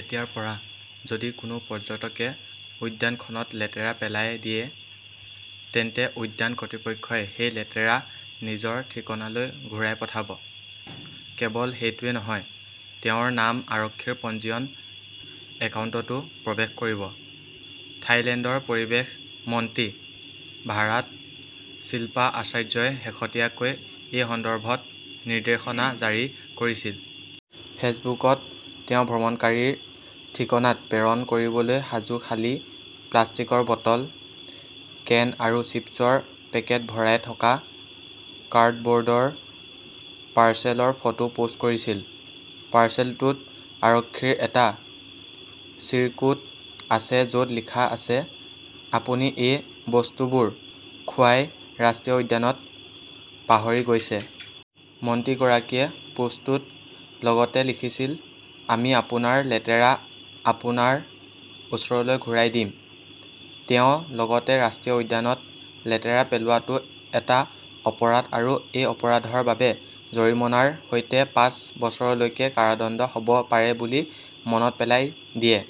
এতিয়াৰ পৰা, যদি কোনো পৰ্যটকে উদ্যানখনত লেতেৰা পেলাই দিয়ে, তেন্তে উদ্যান কৰ্তৃপক্ষই সেই লেতেৰা নিজৰ ঠিকনালৈ ঘূৰাই পঠাব। কেৱল সেইটোৱেই নহয়, তেওঁৰ নাম আৰক্ষীৰ পঞ্জীয়ন একাউণ্টতো প্ৰৱেশ কৰিব। থাইলেণ্ডৰ পৰিৱেশ মন্ত্ৰী ভাৰাট চিল্পা আৰ্চাই শেহতীয়াকৈ এই সন্দৰ্ভত নিৰ্দেশনা জাৰি কৰিছিল। ফেচবুকত তেওঁ ভ্ৰমণকাৰীৰ ঠিকনাত প্ৰেৰণ কৰিবলৈ সাজু খালী প্লাষ্টিকৰ বটল, কেন আৰু চিপছৰ পেকেট ভৰাই থকা কাৰ্ডব'ৰ্ডৰ পাৰ্চেলৰ ফটো পোষ্ট কৰিছিল। পাৰ্চেলটোত আৰক্ষীৰ এটা চিৰকুট আছে য 'ত লিখা আছে,' আপুনি এই বস্তুবোৰ খো য়াই ৰাষ্ট্ৰীয় উদ্যানত পাহৰি গৈছে '। মন্ত্ৰীগৰাকীয়ে পোষ্টটোত লগতে লিখিছিল, "আমি আপোনাৰ লেতেৰা আপোনাৰ ওচৰলৈ ঘূৰাই দিম। "তেওঁ লগতে ৰাষ্ট্ৰীয় উদ্যানত লেতেৰা পেলোৱাটো এটা অপৰাধ আৰু এই অপৰাধৰ বাবে জৰিমনাৰ সৈতে পাঁচ বছৰলৈকে কাৰাদণ্ড হ'ব পাৰে বুলি মনত পেলাই দিয়ে।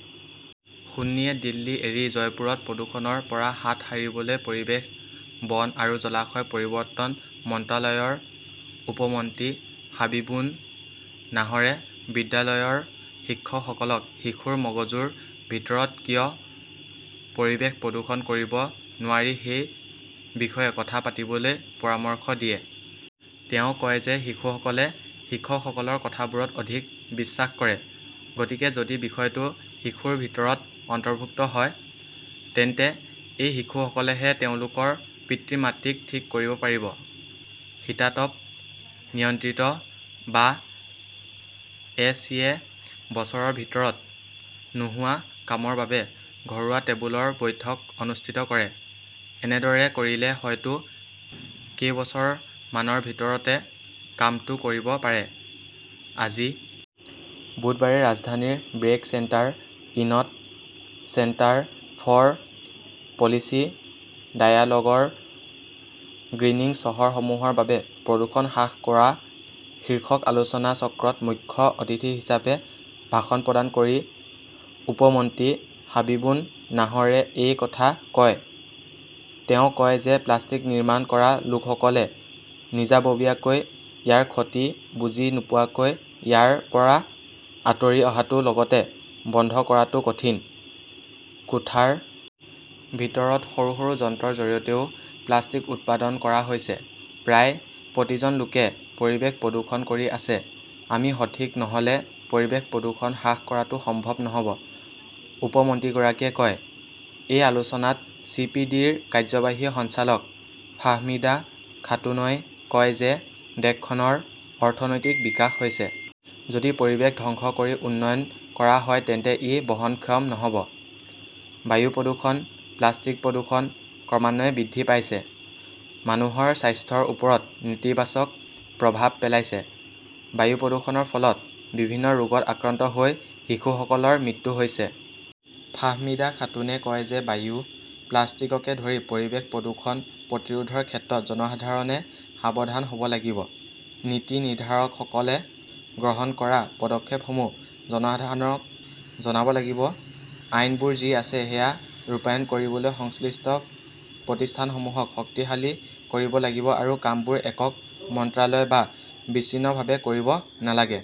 সুন্নীয়ে দিল্লী এৰি জয়পুৰত প্ৰদূষণৰ পৰা হাত সাৰিবলৈ পৰিৱেশ, বন আৰু জলবায়ু পৰিৱৰ্তন মন্ত্ৰালয়ৰ উপ মন্ত্ৰী হাবিবুন নাহৰে বিদ্যালয়ৰ শিক্ষকসকলক শিশুৰ মগজুৰ ভিতৰত কিয় পৰিৱেশ প্ৰদূষণ কৰিব নোৱাৰি সেই বিষয়ে কথা পাতিবলৈ পৰামৰ্শ দিয়ে। তেওঁ কয় যে শিশুসকলে শিক্ষকসকলৰ কথাবোৰত অধিক বিশ্বাস কৰে। গতিকে যদি বিষয়টো শিশুৰ ভিতৰত অন্তৰ্ভুক্ত হয়, তেন্তে এই শিশুসকলেহে তেওঁলোকৰ পিতৃ-মাতৃক ঠিক কৰিব পাৰিব। শীতাতপ নিয়ন্ত্ৰিত বা এ. চি. -য়ে বছৰৰ ভিতৰত নোহোৱা কামৰ বাবে ঘৰুৱা টেবুলৰ বৈঠক অনুষ্ঠিত কৰে, এনেদৰে কৰিলে হয়তো কেইবছৰমানৰ ভিতৰতে কামটো কৰিব পাৰে। আজি বুধবাৰে ৰাজধানীৰ ব্ৰেক চেণ্টাৰ ইনত চেণ্টাৰ ফৰ পলিচি ডায়ালগ ৰ 'গ্ৰীণিং চহৰসমূহৰ বাবে প্ৰদূষণ হ্ৰাস কৰা শীৰ্ষক আলোচনাচক্ৰত মুখ্য অতিথি হিচাপে ভাষণ প্ৰদান কৰি উপ-মন্ত্ৰী হাবিবুন নাহৰে এই কথা কয়। তেওঁ কয় যে প্লাষ্টিক নিৰ্মাণ কৰা লোকসকলে নিজাববীয়াকৈ ইয়াৰ ক্ষতি বুজি নোপোৱাকৈ ইয়াৰ পৰা আঁতৰি অহাটো লগতে বন্ধ কৰাটো কঠিন। কোঠাৰ ভিতৰত সৰু সৰু যন্ত্ৰৰ জৰিয়তেও প্লাষ্টিক উৎপাদন কৰা হৈছে। প্ৰায় প্ৰতিজন লোকে পৰিৱেশ প্ৰদূষণ কৰি আছে, আমি সঠিক নহ'লে পৰিৱেশ প্ৰদূষণ হ্ৰাস কৰাটো সম্ভৱ নহ'ব, উপ- মন্ত্ৰীগৰাকীয়ে কয়। এই আলোচনাত চি. পি. ডি. -ৰ কাৰ্যবাহী সঞ্চালক ফাহমিদা খাতুনই কয় যে দেশখনৰ অৰ্থনৈতিক বিকাশ হৈছে। যদি পৰিৱেশ ধ্বংস কৰি উন্নয়ন কৰা হয় তেন্তে ই বহনক্ষম নহ'ব। বায়ু প্ৰদূষণ, প্লাষ্টিক প্ৰদূষণ ক্ৰমান্বয়ে বৃদ্ধি পাইছে। মানুহৰ স্বাস্থ্যৰ ওপৰত নেতিবাচক প্ৰভাৱ পেলাইছে। বায়ু প্ৰদূষণৰ ফলত বিভিন্ন ৰোগত আক্ৰান্ত হৈ শিশুসকলৰ মৃত্যু হৈছে। ফাহমিদা খাতুনে কয় যে বায়ু, প্লাষ্টিককে ধৰি পৰিৱেশ প্ৰদূষণ প্ৰতিৰোধৰ ক্ষেত্ৰত জনসাধাৰণে সাৱধান হ'ব লাগিব। নীতি নিৰ্ধাৰকসকলে গ্ৰহণ কৰা পদক্ষেপসমূহ জনসাধাৰণক জনাব লাগিব। আইনবোৰ যি আছে সেয়া ৰূপায়ণ কৰিবলৈ সংশ্লিষ্ট প্ৰতিষ্ঠানসমূহক শক্তিশালী কৰিব লাগিব আৰু কামবোৰ একক মন্ত্ৰালয় বা বিচ্ছিন্নভাৱে কৰিব নালাগে।